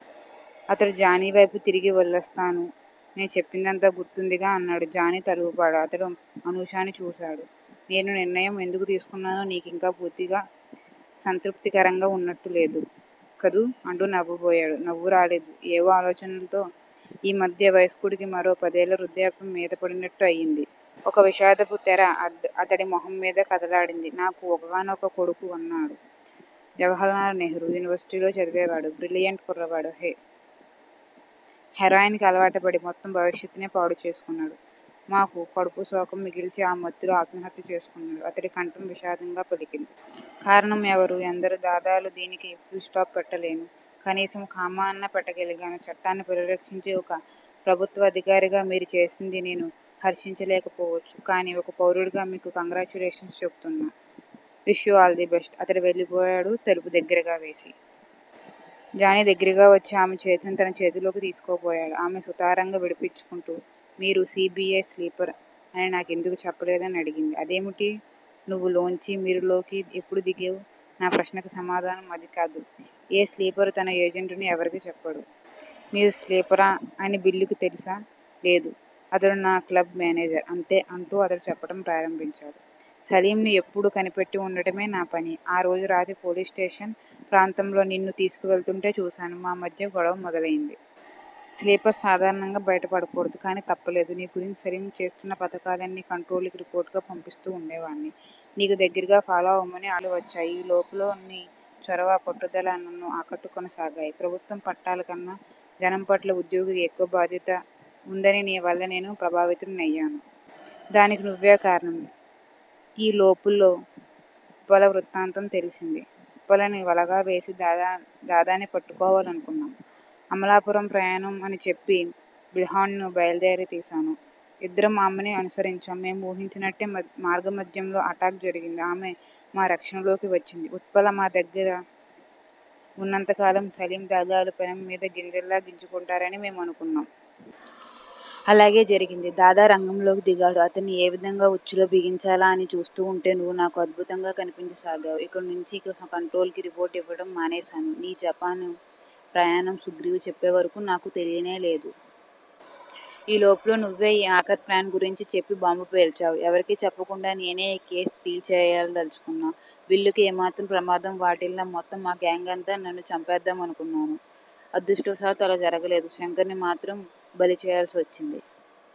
అతడు జానీ వైపు తిరిగి వెళ్ళొస్తాను. నే చెప్పినదంతా గుర్తుందిగా? అన్నాడు. జానీ తలూపాడు. అతడు అనూషని చూసాడు. నేనీ నిర్ణయం ఎందుకు తీసుకున్నానో నీకు ఇంకా పూర్తి సంతృప్తికరంగా వున్నట్టు లేదు కదూ అంటూ నవ్వబోయేడు. నవ్వు రాలేదు. ఏవో ఆలోచన్లతో ఆ మధ్య వయస్కుడికి మరో పదేళ్ళ వృద్ధాప్యం మీద పడినట్టు అయింది. ఒక విషాదపు తెర అతడి మొహం మీద కదలాడింది. నా ఒక్కగానొక్కకొడుకు అన్నాడు. జవహర్ లాల్ నెహ్రూ యూనివర్శిటీలో చదివేవాడు. బ్రిలియెంట్ కుర్రవాడు. హెరాయిన్ కి అలవాటుపడి మొత్తం భవిష్యత్తునే పాడుచేసుకున్నాడు. మాకు కడుపు శోకం మిగిల్చి ఆ మత్తులో ఆత్మహత్య చేసుకున్నాడు. అతడి కంఠం విషాదంగా పలికింది. కారణం ఎవరు? ఎందరో దాదాలు!! దీనికి పుల్ స్టాప్ పెట్టలేను. కనీసం 'కామా' అన్నా పెట్టగలిగాను!!!! చట్టాన్ని పరిరక్షించే ఒక ప్రభుత్వాధికారిగా మీరు చేసింది నేను హర్షించలేకపోవచ్చు. కానీ ఒక పౌరుడిగా మీకు కంగ్రాచ్యులేషన్స్ చెపుతున్నాను. Wish you all the best. అతడు వెళ్ళిపోయాడు తలుపు దగ్గిరగావేసి. జానీ దగ్గిరగా వచ్చి ఆమె చేతిని తన చేతిలోకి తీసుకోబోయాడు. ఆమె సుతారంగా విడిపించుకుంటూ మీరు సి. బి. ఐ. స్లీపర్ అని నాకెందుకు చెప్పలేదు? అని అడిగింది. అదేమిటి? 'నువ్వు' లోంచి 'మీరు' లోకి ఎప్పుడు దిగావు? నా ప్రశ్నకి సమాధానం అదికాదు. ఏ స్లీపరు తనో ఏజెంటునని ఎవరికీ చెప్పడు. మీరు స్లీపర్ అని బిల్లూకి తెలుసా? లేదు. అతడు నా క్లబ్ మానేజర్. అంతే అంటూ అతడు చెప్పటం ప్రారంభించాడు. సలీంని ఎప్పుడూ కనిపెట్టి వుండటమే నాపని. ఆ రోజు రాత్రి పోలీస్ స్టేషన్ ప్రాంతాల్లో నిన్ను తీసుకు వెళ్తూంటే చూసాను. మా మధ్య గొడవ మొదలైంది. స్లీపర్స్ సాధారణంగా బయట పడకూడదు. కానీ తప్పలేదు. నీ గురించి సలీం వేస్తున్న పథకాలన్నీ 'కంట్రోల్' కి రిపోర్ట్ గా పంపిస్తూ వుండేవాడిని. నిన్ను దగ్గిరగా ఫాలో అవమని ఆర్డర్లు వచ్చాయి. ఈలోపులో నీ చొరవా పట్టుదలా నన్ను ఆకట్టుకొనసాగాయి. ప్రభుత్వం పట్లకన్నా జనంపట్ల ఉద్యోగికి ఎక్కువ బాధ్యత వుందని నీవల్ల నేను ప్రభావితుడినయ్యాను. దానికి నువ్వే కారణం! ఈ లోపులో ఉత్పల వృత్తాంతం తెలిసింది. ఉత్పలని వలగా వేసి దాదాని పట్టుకోవాలనుకున్నాం. అమలాపురం ప్రయాణం అని చెప్పి బిల్హణుడిని బయల్దేర తీసాను. ఇద్దరం ఆమెని అనుసరించాం. మేము ఊహించినట్టే మార్గమాధ్యంలో అటాక్ జరిగింది. ఆమె మా రక్షణలోకి వచ్చింది. ఉత్పల మా దగ్గిర వున్నంత కాలం సలీం, దాదాలు పెనం మీద గింజల్లా గింజుకుంటారని మేము అనుకున్నాం. అలాగే జరిగింది. దాదా రంగంలోకి దిగాడు. అతడిని ఏ విధంగా ఉచ్చులో బిగించాలా అని చూస్తూ వుంటే నువ్వు నాకో అద్భుతంగా కనిపించసాగావు. ఇక్కడనుంచీ ఇక 'కంట్రోల్' కి రిపోర్ట్ ఇవ్వటం మానేసాను. నీ జపాను ప్రయాణం సుగ్రీవ్ చెప్పే వరకు నాకు తెలియనే లేదు. ఈ లోపులో నువ్వు ఈ ఆఖరి ప్లాన్ గురించి చెప్పి బాంబు పేల్చావు. ఎవరికీ చెప్పకుండా నేనే ఈ కేసు డీల్ చేయదల్చుకున్నాను. బిల్లూకి ఏమాత్రం ప్రమాదం వాటిల్లినా మొత్తం ఆ గాంగ్ నంతా చంపెద్దామనుకున్నాను. అదృష్టవశాత్తు అలా జరగలేదు. శంకర్ ని మాత్రం బలిచేయవలసి వచ్చింది.